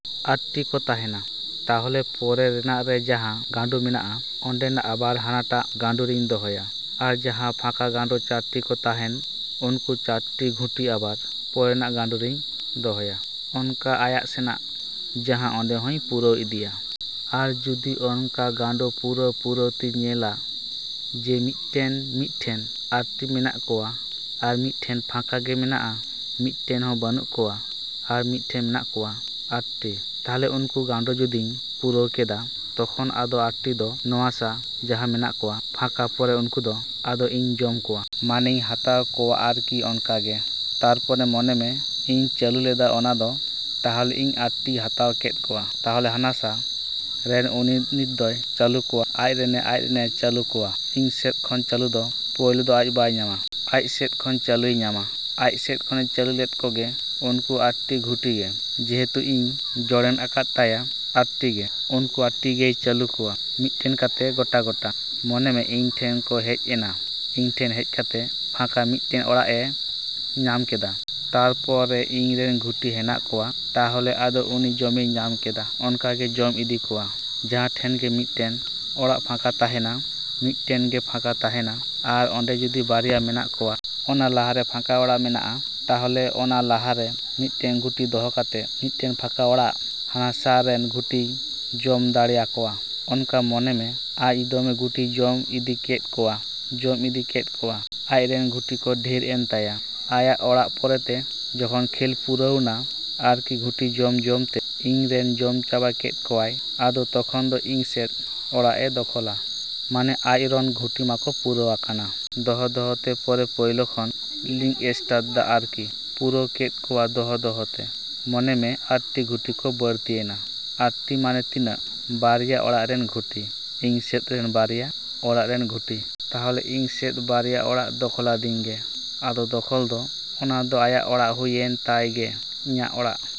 ᱟᱴᱴᱤ ᱠᱚ ᱛᱟᱦᱮᱱᱟ, ᱛᱟᱦᱞᱮ ᱯᱚᱨᱮ ᱨᱮᱱᱟᱜ ᱨᱮ ᱡᱟᱦᱟᱸ ᱜᱟᱹᱰᱩ ᱢᱮᱱᱟᱜᱼᱟ ᱚᱸᱰᱮᱱᱟᱜ ᱟᱵᱟᱨ ᱦᱟᱱᱟᱴᱟᱜ ᱜᱟᱹᱰᱩᱨᱤᱧ ᱫᱚᱦᱚᱭᱟ᱾ ᱟᱨ ᱡᱟᱦᱟᱸ ᱯᱷᱟᱠᱟ ᱜᱟᱹᱰᱩ ᱪᱟᱴᱴᱤ ᱠᱚ ᱛᱟᱦᱮᱱ, ᱩᱱᱠᱩ ᱪᱟᱴᱴᱤ ᱜᱩᱴᱷᱤ ᱟᱵᱟᱨ ᱯᱚᱨᱮᱱᱟᱜ ᱜᱟᱹᱰᱩ ᱨᱤᱧ ᱫᱚᱦᱚᱭᱟ᱾ ᱚᱱᱠᱟ ᱟᱭᱟᱜ ᱥᱮᱱᱟᱜ ᱡᱟᱦᱟᱸ ᱚᱸᱰᱮ ᱦᱚᱸᱧ ᱯᱩᱨᱟᱹᱣ ᱤᱫᱤᱭᱟ᱾ ᱟᱨ ᱡᱩᱫᱤ ᱚᱱᱠᱟ ᱜᱟᱹᱰᱩᱼᱜᱟᱹᱰᱩ ᱯᱩᱨᱟᱹᱣᱼᱯᱩᱨᱟᱹᱣ ᱛᱮᱧ ᱧᱮᱞᱟ ᱡᱮ, ᱢᱤᱫᱴᱮᱱ, ᱢᱤᱫᱴᱷᱮᱱ ᱟᱴᱴᱤ ᱢᱮᱱᱟᱜ ᱠᱚᱣᱟ ᱟᱨ ᱢᱤᱫᱴᱷᱮᱱ ᱯᱷᱟᱸᱠᱟ ᱜᱮ ᱢᱮᱱᱟᱜᱼᱟ ᱢᱤᱫᱴᱮᱱ ᱦᱚᱸ ᱵᱟᱹᱱᱩᱜ ᱠᱚᱣᱟ, ᱟᱨ ᱢᱤᱫ ᱴᱷᱮᱱ ᱢᱮᱱᱟᱜ ᱠᱚᱣᱟ ᱟᱴᱴᱤ᱾ ᱛᱟᱦᱞᱮ ᱩᱱᱠᱩ ᱜᱟᱹᱰᱩ ᱡᱩᱫᱤᱧ ᱯᱩᱨᱟᱹᱣ ᱠᱮᱫᱟ ᱛᱚᱠᱷᱚᱱ ᱟᱫᱚ ᱟᱴᱴᱤ ᱫᱚ ᱱᱚᱣᱟ ᱥᱟ ᱡᱟᱦᱟᱸ ᱢᱮᱱᱟᱜ ᱠᱚᱣᱟ ᱯᱷᱟᱸᱠᱟ ᱯᱚᱨᱮ ᱩᱱᱠᱩ ᱫᱚ ᱟᱫᱚ ᱤᱧ ᱡᱚᱢ ᱠᱚᱣᱟ᱾ ᱢᱟᱱᱮᱧ ᱦᱟᱛᱟᱣ ᱠᱚᱣᱟ ᱟᱨᱠᱤ ᱚᱱᱠᱟᱜᱮ᱾ ᱛᱟᱨᱯᱚᱨᱮ ᱢᱚᱱᱮ ᱢᱮ ᱤᱧ ᱪᱟᱹᱞᱩ ᱞᱮᱫᱟ ᱚᱱᱟ ᱫᱚ ᱛᱟᱦᱞᱮ ᱤᱧ ᱟᱴᱴᱤᱧ ᱦᱟᱛᱟᱣ ᱠᱮᱫ ᱠᱚᱣᱟ᱾ ᱛᱟᱦᱞᱮ ᱦᱟᱱᱟ ᱥᱟ ᱨᱮᱱ ᱩᱱᱤ ᱱᱤᱛ ᱫᱚᱭ ᱪᱟᱹᱞᱩ ᱠᱚᱣᱟ ᱟᱡᱨᱮᱱᱮ ᱟᱡᱨᱮᱱᱮ ᱪᱟᱞᱩ ᱠᱚᱣᱟ᱾ ᱤᱧ ᱥᱮᱫ ᱠᱷᱚᱱ ᱪᱟᱞᱩ ᱫᱚ ᱯᱳᱭᱞᱳ ᱫᱚ ᱵᱟᱭ ᱧᱟᱢᱟ᱾ ᱟᱡ ᱥᱮᱫ ᱠᱷᱚᱱ ᱪᱟᱹᱞᱩᱭ ᱧᱟᱢᱟ᱾ ᱟᱡ ᱥᱮᱫ ᱠᱷᱚᱱᱮᱭ ᱪᱟᱹᱞᱩ ᱠᱮᱫ ᱠᱚᱜᱮ, ᱩᱱᱠᱩ ᱟᱴᱴᱤ ᱜᱩᱴᱷᱤ ᱜᱮ᱾ ᱡᱮᱦᱮᱛᱩ ᱤᱧᱤᱧ ᱡᱚᱲᱮᱱᱟᱠᱟᱫ ᱠᱚᱛᱟᱭᱟ ᱟᱴᱴᱤ ᱜᱮ᱾ ᱩᱱᱠᱩ ᱟᱴᱴᱤ ᱜᱮᱭ ᱪᱟᱹᱞᱩ ᱠᱚᱣᱟ ᱢᱤᱫᱴᱮᱱ ᱠᱟᱛᱮ ᱜᱚᱴᱟᱼᱜᱚᱴᱟ ᱢᱚᱱᱮ ᱢᱮ ᱤᱧ ᱴᱷᱮᱱ ᱠᱚ ᱦᱮᱡ ᱮᱱᱟ ᱤᱧ ᱴᱷᱮᱱ ᱦᱮᱡ ᱠᱟᱛᱮ ᱯᱷᱟᱸᱠᱟ ᱢᱤᱫᱴᱮᱱ ᱚᱲᱟᱜ ᱮᱭ ᱧᱟᱢ ᱠᱮᱫᱟ᱾ ᱛᱟᱨᱯᱚᱨᱮ ᱤᱧ ᱨᱮᱱ ᱜᱩᱴᱷᱤ ᱦᱮᱱᱟᱜ ᱠᱚᱣᱟ, ᱛᱟᱦᱞᱮ ᱟᱫᱚ ᱩᱱᱤ ᱡᱚᱢᱮᱭ ᱧᱟᱢ ᱠᱮᱫᱟ᱾ ᱚᱱᱠᱟᱜᱮᱭ ᱡᱚᱢ ᱤᱫᱤ ᱠᱚᱣᱟ᱾ ᱡᱟᱦᱟᱸ ᱴᱷᱮᱱ ᱜᱮ ᱢᱤᱫᱴᱮᱱ ᱚᱲᱟᱜ ᱯᱷᱟᱸᱠᱟ ᱛᱟᱦᱮᱱᱟ, ᱢᱤᱫᱴᱮᱱ ᱜᱮ ᱯᱷᱟᱸᱠᱟ ᱛᱟᱦᱮᱱᱟ ᱟᱨ ᱚᱸᱰᱮ ᱡᱩᱫᱤ ᱵᱟᱨᱭᱟ ᱢᱮᱱᱟᱜ ᱠᱚᱣᱟ᱾ ᱚᱱᱟ ᱞᱟᱦᱟ ᱨᱮ ᱯᱷᱟᱸᱠᱟ ᱚᱲᱟᱜ ᱢᱮᱱᱟᱜᱼᱟ, ᱛᱟᱦᱞᱮ ᱚᱱᱟ ᱞᱟᱦᱟ ᱨᱮ ᱢᱤᱫᱴᱮᱱ ᱜᱩᱴᱷᱤ ᱫᱚᱦᱚ ᱠᱟᱛᱮ ᱢᱤᱫᱴᱮᱱ ᱯᱷᱟᱸᱠ ᱚᱲᱟᱜ ᱦᱟᱱᱟ ᱥᱟ ᱨᱮᱱ ᱜᱩᱴᱷᱤᱭ ᱡᱚᱢ ᱫᱟᱲᱮᱭᱟᱠᱚᱣᱟ᱾ ᱚᱱᱠᱟ ᱢᱚᱱᱮ ᱢᱮ ᱟᱡ ᱫᱚᱢᱮ ᱜᱩᱴᱷᱤᱭ ᱡᱚᱢ ᱤᱫᱤ ᱠᱮᱫ ᱠᱚᱣᱟ, ᱡᱚᱢ ᱤᱫᱤ ᱠᱮᱫ ᱠᱚᱣᱟ᱾ ᱟᱡᱨᱮᱱ ᱜᱩᱴᱷᱤ ᱠᱚ ᱰᱷᱮᱨᱮᱱ ᱛᱟᱭᱟ᱾ ᱟᱭᱟᱜ ᱚᱲᱟᱜ ᱯᱚᱨᱮ ᱛᱮ ᱡᱚᱠᱷᱚᱱ ᱠᱷᱮᱞ ᱯᱩᱨᱟᱹᱣᱱᱟ ᱟᱨᱠᱤ ᱜᱩᱴᱷᱤ ᱡᱚᱢᱼᱡᱚᱢ ᱛᱮ ᱤᱧ ᱨᱮᱱᱮ ᱡᱚᱢ ᱪᱟᱵᱟ ᱠᱮᱫ ᱠᱚᱣᱟᱭ᱾ ᱟᱫᱚ ᱛᱚᱠᱷᱚᱱ ᱫᱚ ᱤᱧ ᱥᱮᱫ ᱚᱲᱟᱜ ᱮ ᱫᱚᱠᱷᱚᱞᱟ᱾ ᱢᱟᱱᱮ ᱟᱡᱨᱚᱱ ᱜᱩᱴᱷᱤ ᱢᱟᱠᱚ ᱯᱩᱨᱟᱹᱣᱟᱠᱟᱱ᱾ ᱫᱚᱦᱚᱼᱫᱚᱦᱚᱛᱮ ᱯᱚᱨᱮ ᱯᱳᱭᱞᱳ ᱠᱷᱚᱱ ᱞᱤᱧ ᱮᱥᱴᱟᱴ ᱫᱟ ᱟᱨᱠᱤ᱾ ᱯᱩᱨᱟᱹᱣ ᱠᱮᱫ ᱠᱚᱣᱟ ᱫᱚᱦᱚ ᱫᱚᱦᱚ ᱛᱮ, ᱢᱚᱱᱮ ᱢᱮ ᱟᱴᱴᱤ ᱜᱩᱴᱷᱤ ᱠᱚ ᱵᱟᱹᱲᱛᱤᱭᱮᱱᱟ᱾ ᱟᱴᱴᱤ ᱢᱟᱱᱮ ᱛᱤᱱᱟᱹᱜ, ᱵᱟᱨᱭᱟ ᱚᱲᱟᱜ ᱨᱮᱱ ᱜᱩᱴᱷᱤ, ᱤᱧ ᱥᱮᱫ ᱨᱮᱱ ᱵᱟᱨᱭᱟ ᱚᱲᱟᱜ ᱨᱮᱱ ᱜᱩᱴᱷᱤ᱾ ᱛᱟᱦᱞᱮ ᱤᱧ ᱥᱮᱫ ᱵᱟᱨᱭᱟ ᱚᱲᱟᱜ ᱫᱚᱠᱷᱚᱞᱟᱫᱤᱧ ᱜᱮ᱾ ᱟᱫᱚ ᱫᱚᱠᱷᱚᱞ ᱫᱚ, ᱚᱱᱟ ᱫᱚ ᱟᱭᱟᱜ ᱚᱲᱟᱜ ᱦᱩᱭᱮᱱ ᱛᱟᱭ ᱜᱮ, ᱤᱧᱟᱹᱜ ᱚᱲᱟᱜ᱾